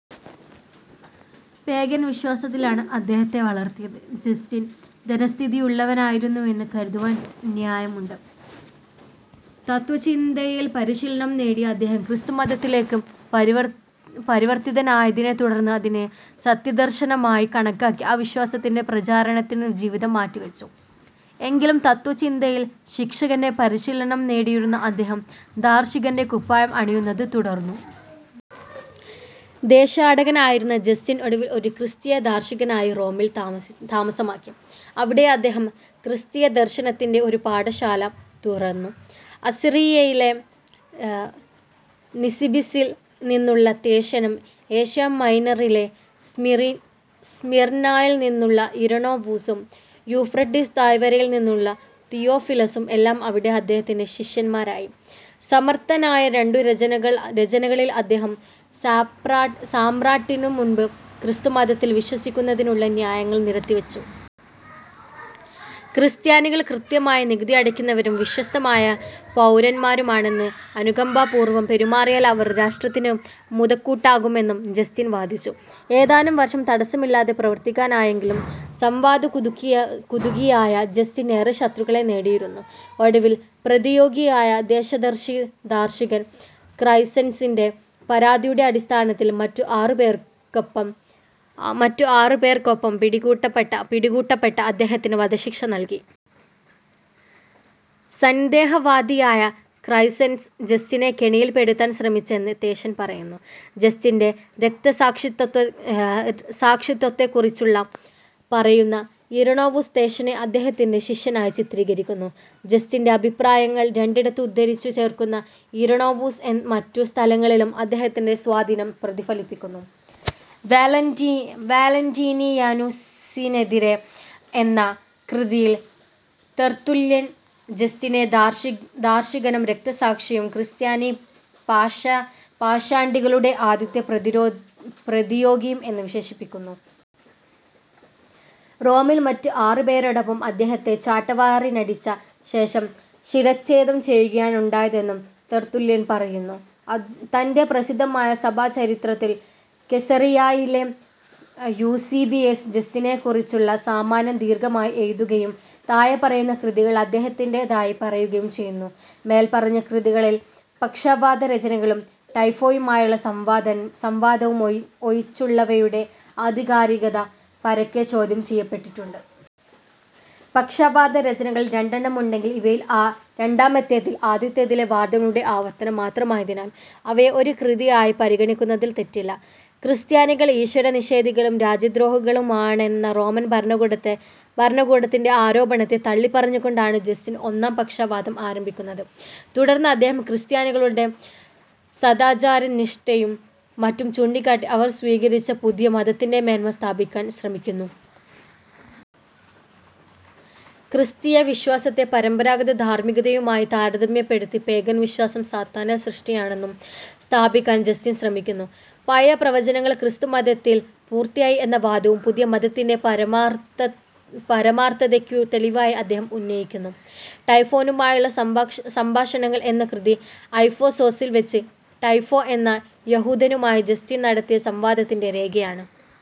Pagan വിശ്വാസത്തിലാണ് അദ്ദേഹത്തെ വളർത്തിയത്. ജസ്റ്റിൻ ധനസ്ഥിതിയുള്ളവനായിരുന്നെന്നു കരുതാൻ ന്യയമുണ്ട്. തത്ത്വചിന്തയിൽ പരിശീലനം നേടിയ അദ്ദേഹം ക്രിസ്തുമതത്തിലേക്കു പരിവർത്തിതനായതിനെ തുടർന്ന് അതിനെ സത്യദർശനമായി കണക്കാക്കി ആ വിശ്വാസത്തിന്റെ പ്രചാരണത്തിനു ജീവിതം മാറ്റിവച്ചു. എങ്കിലും, തത്ത്വചിന്തയിൽ ശിക്ഷകന്റെ പരിശീലം നേടിയിരുന്ന അദ്ദേഹം ദാർശനികന്റെ കുപ്പായം അണിയുന്നതു തുടർന്നു. ദേശാടകനായിരുന്ന ജസ്റ്റിൻ ഒടുവിൽ ഒരു ക്രിസ്തീയ ദാർശനികനായി റോമിൽ താമസമാക്കി. അവിടെ അദ്ദേഹം ക്രിസ്തീയദർശനത്തിന്റെ ഒരു പാഠശാല തുറന്നു. അസീറിയയിലെ നിസിബിസിൽ നിന്നുള്ള തേഷനും, ഏഷ്യാമൈനറിലെ സ്മിർനായിൽ നിന്നുള്ള ഇരണേവൂസും, യൂഫ്രട്ടീസ് താഴ്വരയിൽ നിന്നുള്ള തിയോഫിലസും എല്ലാം അവിടെ അദ്ദേഹത്തിന്റെ ശിഷ്യന്മാരായി. സമർത്ഥമായ രണ്ടു രചനകളിൽ അദ്ദേഹം സാമ്രാട്ടിനു മുൻപിൽ ക്രിസ്തുമതത്തിൽ വിശ്വസിക്കുന്നതിനുള്ള ന്യായങ്ങൾ നിരത്തിവച്ചു. ക്രിസ്ത്യാനികൾ കൃത്യമായി നികുതി അടയ്ക്കുന്നവരും വിശ്വസ്തരായ പൗരന്മാരുമാണെന്നും അനുകമ്പാപൂർവം പെരുമാറിയാൽ അവർ രാഷ്ട്രത്തിനു മുതക്കൂട്ടാകുമെന്നും ജസ്റ്റിൻ വാദിച്ചു. ഏതാനും വർഷം തടസ്സമില്ലാതെ പ്രവർത്തിക്കാനായെങ്കിലും സംവാദകുതുകിയായ ജസ്റ്റിൻ ഏറെ ശത്രുക്കളെ നേടിയിരുന്നു. ഒടുവിൽ പ്രതിയോഗിയായ ദോഷദർശി ദാർശനികൻ ക്രെസൻസിന്റെ പരാതിയുടെ അടിസ്ഥാനത്തിൽ മറ്റു ആറു പേർക്കൊപ്പം പിടികൂടപ്പെട്ട അദ്ദേഹത്തിനു വധശിക്ഷ നൽകി. സന്ദേഹവാദിയായ ക്രെസൻസ് ജസ്റ്റിനെ കെണിയിൽ പെടുത്താൻ ശ്രമിച്ചെന്നും തേഷൻ പറയുന്നു. ജസ്റ്റിന്റെ രക്തസാക്ഷിത്വത്തെക്കുറിച്ചു പറയുന്ന ഇരണേവൂസ് തേഷനെ അദ്ദേഹത്തിന്റെ ശിഷ്യനായി ചിത്രീകരിക്കുന്നു. ജസ്റ്റിന്റെ അഭിപ്രായങ്ങൾ രണ്ടിടത്ത് ഉദ്ധരിച്ചു ചേർക്കുന്ന ഇരണേവൂസ് മറ്റു സ്ഥലങ്ങളിലും അദ്ദേഹത്തിന്റെ സ്വാധീനം പ്രതിഫലിപ്പിക്കുന്നു. "വാലന്റീനിയാനൂസിനെതിരെ" എന്ന കൃതിയിൽ തെർത്തുല്യൻ ജസ്റ്റിനെ ദാർശനികനും രക്തസാക്ഷിയും, ക്രിസ്തീയ പാഷണ്ഡികളുടെ ആദ്യത്തെ പ്രതിയോഗിയും എന്നു വിശേഷിപ്പിക്കുന്നു. റോമിൽ മറ്റു ആറു പേരോടൊപ്പം അദ്ദേഹത്തെ ചാട്ടവാറിനടിച്ച ശേഷം ശിരഛേദം ചെയ്യുകയാണുണ്ടായതെന്നും തെർത്തുല്യൻ പറയുന്നു. തന്റെ പ്രസിദ്ധമായ സഭാചരിത്രത്തിൽ കേസറിയായിലെ യൂസീബിയസ് ജസ്റ്റിനെക്കുറിച്ചു സാമാന്യം ദീർഘമായി എഴുതുകയും, താഴെപ്പറയുന്ന കൃതികൾ അദ്ദേഹത്തിന്റേതായി പറയുകയും ചെയ്യുന്നു: മേല്പറഞ്ഞ കൃതികളിൽ, പക്ഷവാദരചനകളും, ടൈഫോയുമായുള്ള സംവാദവും ഒഴിച്ചുള്ളവയുടെ ആധികാരികത പരക്കെ ചോദ്യം ചെയ്യപ്പെട്ടിട്ടുണ്ട്. പക്ഷവാദരചനകൾ രണ്ടെണ്ണം ഉണ്ടെങ്കിലും ഇവയിൽ രണ്ടാമത്തേതിൽ ആദ്യത്തേതിലെ വാദങ്ങളുടെ ആവർത്തനം മാത്രമായതിനാൽ, അവയെ ഒരു കൃതിയായി പരിഗണിക്കുന്നതിൽ തെറ്റില്ല. ക്രിസ്ത്യാനികൾ ഈശ്വരനിഷേധികളും രാജ്യദ്രോഹികളുമാണെന്ന റോമൻ ഭരണകൂടത്തിന്റെ ആരോപണത്തെ തള്ളിപ്പറഞ്ഞുകൊണ്ടാണ് ജസ്റ്റിൻ ഒന്നാം പക്ഷവാദം ആരംഭിക്കുന്നത്. തുടർന്നദ്ദേഹം ക്രിസ്ത്യാനികളുടെ സദാചാരനിഷ്ഠയും മറ്റും ചൂണ്ടിക്കാട്ടി അവർ സ്വീകരിച്ച പുതിയ മതത്തിന്റെ മേന്മ സ്ഥാപിക്കാൻ ശ്രമിക്കുന്നു. ക്രിസ്തീയവിശ്വാസത്തെ പരമ്പരാഗതധാർമ്മികതയുമായി താരതമ്യപ്പെടുത്തി പേഗൻ വിശ്വാസം സാത്താന്റെ സൃഷ്ടിയാണെന്നു സ്ഥാപിക്കാനും ജസ്റ്റിൻ ശ്രമിക്കുന്നു. പഴയ പ്രവചനങ്ങൾ ക്രിസ്തുമതത്തിൽ പൂർത്തിയായി എന്ന വാദവും പുതിയ മതത്തിന്റെ പരമാർത്ഥതയ്ക്കു തെളിവായി അദ്ദേഹം ഉന്നയിക്കുന്നു. "ടൈഫോയുമായുള്ള സംഭാഷണങ്ങൾ" എന്ന കൃതി എഫേസോസിൽ വച്ച് ടൈഫോ എന്ന യഹൂദനുമായി ജസ്റ്റിൻ നടത്തിയ സംവാദത്തിന്റെ രേഖയാണ്.